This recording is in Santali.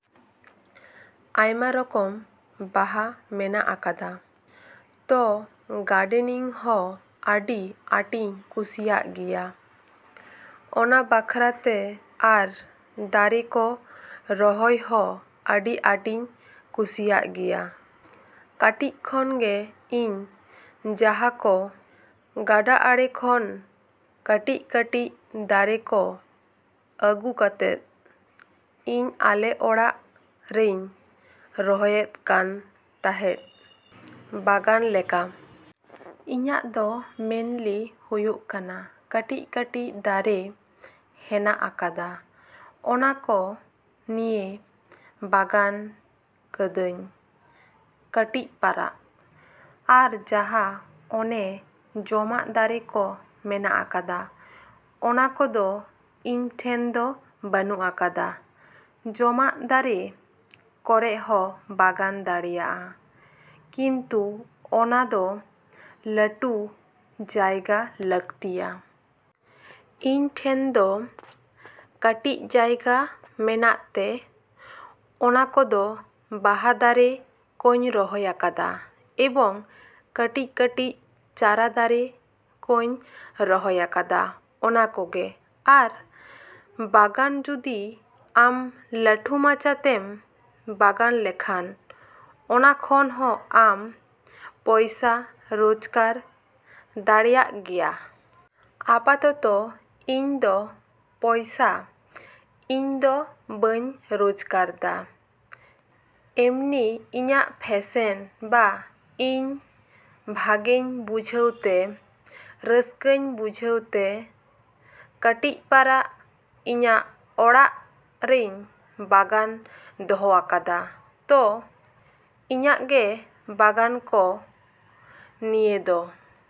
ᱟᱭᱢᱟ ᱨᱚᱠᱚᱢ ᱵᱟᱦᱟ ᱢᱮᱱᱟᱜ ᱟᱠᱟᱫᱟ᱾ ᱛᱚ ᱜᱟᱰᱮᱱᱤᱝ ᱦᱚᱸ ᱟᱹᱰᱤ ᱟᱸᱴᱤᱧ ᱠᱩᱥᱤᱭᱟᱜ ᱜᱮᱭᱟ ᱚᱱᱟ ᱵᱟᱠᱷᱨᱟ ᱛᱮ ᱟᱨ ᱫᱟᱨᱮ ᱠᱚ ᱨᱚᱦᱚᱭ ᱦᱚᱸ ᱟᱹᱰᱤ ᱟᱸᱴᱤᱧ ᱠᱩᱥᱤᱭᱟᱜ ᱜᱮᱭᱟ᱾ ᱠᱟᱹᱴᱤᱡ ᱠᱷᱚᱱ ᱜᱮ ᱤᱧ ᱡᱟᱦᱟᱸ ᱠᱚ ᱜᱟᱰᱟ ᱟᱲᱮ ᱠᱷᱚᱱ ᱠᱟᱹᱴᱤᱡᱼᱠᱟᱹᱴᱤᱡ ᱫᱟᱨᱮ ᱠᱚ ᱟᱹᱜᱩ ᱠᱟᱛᱮᱫ, ᱤᱧ ᱟᱞᱮ ᱚᱲᱟᱜ ᱨᱤᱧ ᱨᱚᱦᱚᱭᱮᱫ ᱠᱟᱱ ᱛᱟᱦᱮᱸᱫ ᱵᱟᱜᱟᱱ ᱞᱮᱠᱟ᱾ ᱤᱧᱟᱜ ᱫᱚ ᱢᱮᱱᱞᱤ ᱦᱚᱭᱚᱜ ᱠᱟᱱᱟ ᱠᱟᱹᱴᱤᱡᱼᱠᱟᱹᱴᱤᱡ ᱫᱟᱨᱮ ᱦᱮᱱᱟᱜ ᱟᱠᱟᱫᱟ, ᱚᱱᱟ ᱠᱚ ᱱᱤᱭᱮ ᱵᱟᱜᱟᱱ ᱠᱟᱫᱟᱹᱧ ᱠᱟᱹᱴᱤᱡ ᱯᱟᱨᱟ᱾ ᱟᱨ ᱡᱟᱦᱟᱸ ᱚᱱᱮ ᱡᱚᱢᱟᱜ ᱫᱟᱨᱮ ᱠᱚ ᱢᱮᱱᱟᱜ ᱟᱠᱟᱫᱟ, ᱚᱱᱟ ᱠᱚᱫᱚ ᱤᱧ ᱴᱷᱮᱱ ᱫᱚ ᱵᱟᱹᱱᱩᱜ ᱟᱠᱟᱫᱟ᱾ ᱡᱚᱢᱟᱜ ᱫᱟᱨᱮ ᱠᱚᱨᱮ ᱦᱚᱸ ᱵᱟᱜᱟᱱ ᱫᱟᱲᱮᱭᱟᱜᱼᱟ, ᱠᱤᱱᱛᱩ ᱚᱱᱟ ᱫᱚ ᱞᱟᱹᱴᱩ ᱡᱟᱭᱜᱟ ᱞᱟᱹᱠᱛᱤᱜᱼᱟ᱾ ᱤᱧ ᱴᱷᱮᱱ ᱫᱚ ᱠᱟᱹᱴᱤᱡ ᱡᱟᱭᱜᱟ ᱢᱮᱱᱟᱜ ᱛᱮ ᱚᱱᱟ ᱠᱚᱫᱚ ᱵᱟᱦᱟ ᱫᱟᱨᱮ ᱠᱚᱧ ᱨᱚᱦᱚᱭ ᱟᱠᱟᱫᱟ ᱮᱵᱚᱝ ᱠᱟᱹᱴᱤᱡᱼᱠᱟᱹᱴᱤᱡ ᱪᱟᱨᱟ ᱫᱟᱨᱮ ᱠᱚᱧ ᱨᱚᱦᱚᱭ ᱟᱠᱟᱫᱟ ᱚᱱᱟ ᱠᱚᱜᱮ᱾ ᱟᱨ ᱵᱟᱜᱟᱱ ᱡᱩᱫᱤ ᱟᱢ ᱞᱟᱹᱴᱩ ᱢᱟᱪᱷᱟ ᱛᱮᱢ ᱵᱟᱜᱟᱱ ᱞᱮᱠᱷᱟᱱ, ᱚᱱᱟ ᱠᱷᱚᱱ ᱦᱚᱸ ᱟᱢ ᱯᱚᱭᱥᱟᱢ ᱨᱚᱡᱜᱟᱨ ᱫᱟᱲᱮᱭᱟᱜ ᱜᱮᱭᱟ᱾ ᱟᱯᱟᱛᱚᱛᱚ ᱤᱧ ᱫᱚ ᱯᱚᱭᱥᱟ ᱤᱧ ᱫᱚ ᱵᱟᱹᱧ ᱨᱚᱡᱜᱟᱨᱮᱫᱟ, ᱮᱢᱱᱤ ᱤᱧᱟᱜ ᱯᱷᱮᱥᱮᱱ ᱵᱟ ᱤᱧ ᱵᱷᱟᱜᱮᱧ ᱵᱩᱡᱷᱟᱹᱣ ᱛᱮ, ᱨᱟᱹᱥᱠᱟᱹᱧ ᱵᱩᱡᱷᱟᱹᱣ ᱛᱮ ᱠᱟᱹᱴᱤᱡ ᱯᱟᱨᱟ ᱤᱧᱟᱜ ᱚᱲᱟᱜ ᱨᱤᱧ ᱵᱟᱜᱟᱱ ᱫᱚᱦᱚ ᱟᱠᱟᱫᱟ᱾ ᱛᱚ ᱤᱱᱟᱹᱜ ᱜᱮ ᱵᱟᱜᱟᱱ ᱠᱚ ᱱᱤᱭᱮ ᱫᱚ᱾